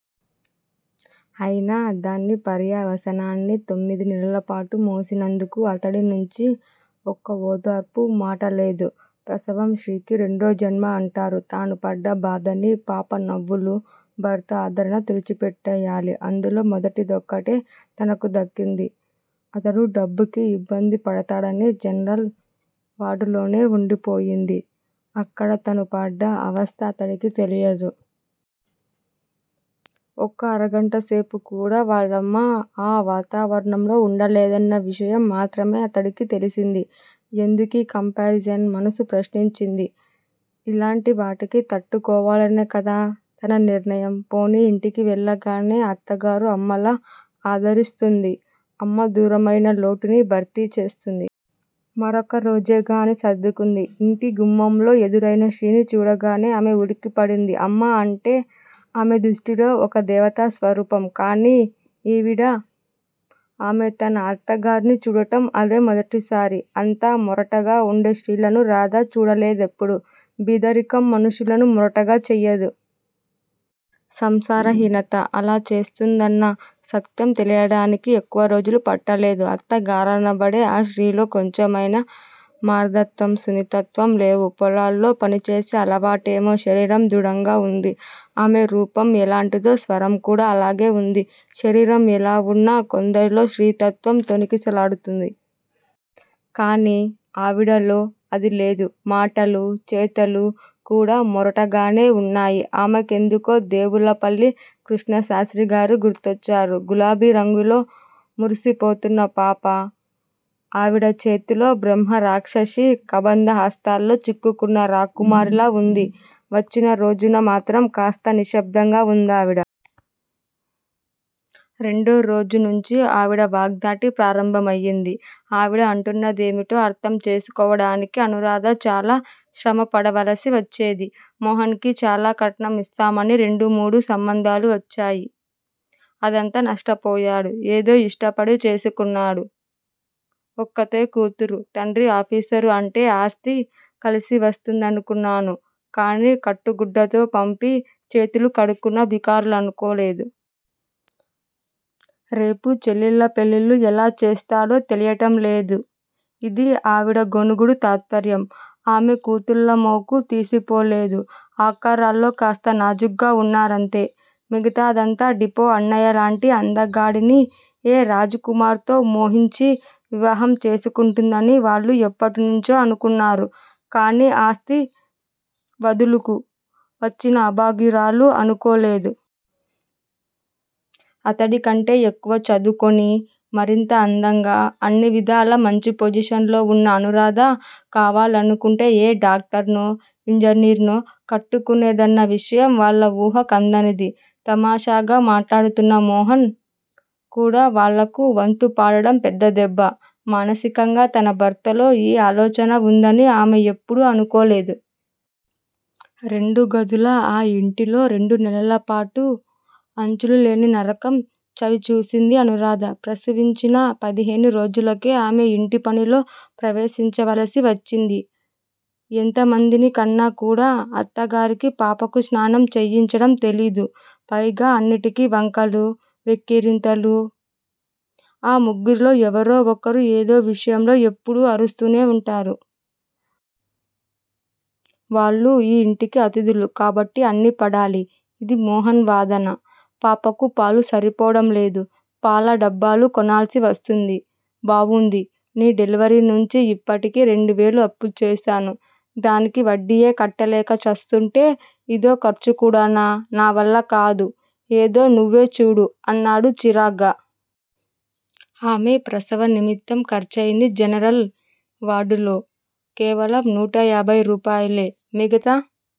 అయినా దాని పర్యవసానాన్ని తొమ్మిది నెలలపాటు మోసినందుకు అతడినుంచి ఒక్క ఓదార్పు మాటలేదు. ప్రసవం స్త్రీకి రెండోజన్మ అంటారు. తను పడ్డ బాధని పాప నవ్వులూ, భర్త ఆదరణా తుడిచిపెట్టెయ్యాలి. అందులో మొదటిదొక్కటే తనకు దక్కింది. అతడు డబ్బుకి ఇబ్బందిపడతాడని జనరల్ వార్డులోనే వుండిపోయింది. అక్కడ తను పడ్డ అవస్థ అతడికి తెలియదు. ఒక అరగంట సేపు కూడా వాళ్ళమ్మ ఆ వాతావరణంలో వుండలేదన్న విషయం మాత్రమే అతడికి తెలిసింది. 'ఎందుకీ కంపారిజన్? ' మనసు ప్రశ్నించింది. ఇలాంటివాటికి తట్టుకోవాలనే కదా తన నిర్ణయం? పోనీ ఇంటికి వెళ్ళగానే అత్తగారు అమ్మలా ఆదరిస్తుంది. అమ్మ దూరమయిన లోటుని భర్తీ చేస్తుంది. మరొక్క రోజేగా అని సర్దుకుంది. ఇంటి గుమ్మంలో ఎదురయిన స్త్రీని చూడగానే ఆమె ఉలిక్కిపడింది. 'అమ్మ' అంటే ఆమె దృష్టిలో ఒక దేవతా స్వరూపం కాని ఈవిడ? ఆమె తన అత్తగారిని చూడటం అదే మొదటిసారి. అంత మొరటుగా వుండే స్త్రీలను రాధ చూడలేదెప్పుడూ బీదరికం మనుష్యులను మొరటుగా చెయ్యదు. సంస్కారహీనత అలా చేస్తుందన్న సత్యం తెలియడానికి ఎక్కువరోజులు పట్టలేదు. అత్తగారనబడే ఆ స్త్రీలో కొంచెమైనా మార్దత్వం, సున్నితత్వం లేవు పొలాల్లో పనిచేసే అలవాటేమో శరీరం దృఢంగా వుంది. ఆమె రూపం ఎలాంటిదో స్వరం కూడా అలాగే వుంది. శరీరం ఎలా వున్నా కొందరిలో స్త్రీత్వం తొణికిసలాడుతుంది. కాని ఆవిడలో అదీ లేదు. మాటలూ చేతలూ కూడా మొరటుగానే వున్నాయి. ఆమె కెందుకో దేవులపల్లి కృష్ణశాస్త్రిగారు గుర్తొచ్చారు. గులాబీ రంగులో మెరిసిపోతున్న పాప ఆవిడ చేతుల్లో బ్రహ్మ రాక్షసి కబంధ హస్తాల్లో చిక్కుకున్న రాకుమారిలా వుంది. వచ్చిన రోజున మాత్రం కాస్త నిశ్శబ్దంగా వుందావిడ. రెండో రోజు నుంచీ ఆవిడ వాగ్ధాటి ప్రారంభమయింది. ఆవిడ అంటున్నదేమిటో అర్ధం చేసుకోవడానికి అనూరాధ చాలా శ్రమపడవలసి వచ్చేది. 'మోహన్ కి చాలా కట్నం ఇస్తామని రెండు, మూడు సంబంధాలు వచ్చాయి. అదంతా నష్టపోయాడు. ఏదో ఇష్టపడి చేసుకున్నాడు. ఒక్కతే కూతురు. తండ్రి ఆఫీసరు అంటే ఆస్తి కలిసివస్తుందనుకున్నాను కాని కట్టుగుడ్డతో పంపి చేతులు కడుక్కున్న బికారులనుకోలేదు. రేపు చెల్లెళ్ళ పెళ్ళిళ్ళు ఎలా చేస్తాడో తెలియటంలేదు' ఇదీ ఆవిడ గొణుగుడు తాత్పర్యం. ఆమె కూతుళ్ళామెకు తీసిపోలేదు. ఆకారాల్లో కాస్త నాజూగ్గా వున్నారంతే. మిగతా అంతా డిటో. అన్నయ్యలాంటి అందగాడిని ఏ రాజకుమార్తో మోహించి వివాహం చేసుకుంటుందని వాళ్ళూ ఎప్పటినుంచో అనుకున్నారు. కాని ఆస్తి వదులుకు వచ్చిన అభాగ్యురాలు అనుకోలేదు. అతడికంటే ఎక్కువ చదువుకుని మరింత అందంగా, అన్నివిధాల మంచి పొజిషన్ లో వున్న అనూరాధ కావాలనుకుంటే ఏ డాక్టర్నో ఇంజనీర్నో కట్టుకునేదన్న విషయం వాళ్ళ ఊహ కందనిది. తమాషాగా మాట్లాడుతున్నట్లు మోహన్ కూడా వాళ్ళకు వంత పాడటం పెద్ద దెబ్బ మానసికంగా తన భర్తలో ఈ ఆలోచన వున్నదని ఆమె ఎప్పుడూ అనుకోలేదు. రెండు గదుల ఆ యింటిలో రెండు నెలలపాటు అంచులులేని నరకం చవిచూసింది అనూరాధ. ప్రసవించిన పదిహేను రోజులకే ఆమె ఇంటిపనిలో ప్రవేశించవలసి వచ్చింది. అంతమందిని కన్నా కూడా, అత్తగారికి పాపకు స్నానం చేయించడం తెలీదు. పైగా అన్నింటికీ వంకలు, వెక్కిరింతలు. ఆ ముగ్గురిలో ఎవరో ఒకరు ఏదో ఒక విషయంలో ఎప్పుడూ అరుస్తూనే వుంటారు. 'వాళ్ళు ఆ ఇంటికి అతిధులు కాబట్టి అన్నీ పడాలి'. ఇది మోహన్ వాదన. పాపకు పాలు సరిపోవడంలేదు. పాల డబ్బాలు కొనాల్సి వస్తుంది. బావుంది నీ డెలివరీ నుంచి ఇప్పటికి రెండువేలు అప్పుచేశాను. డానికి వడ్డీయే కట్టలేక చస్తుంటే ఇదో ఖర్చుకూడానా? నా వల్లకాదు ఏదో నువ్వే చూడు అన్నాడు చిరాగ్గా. ఆమె ప్రసవ నిమిత్తం ఖర్చయింది జనరల్ వార్డ్ లో కేవలం నూటయాభై రూపాయలే మిగతా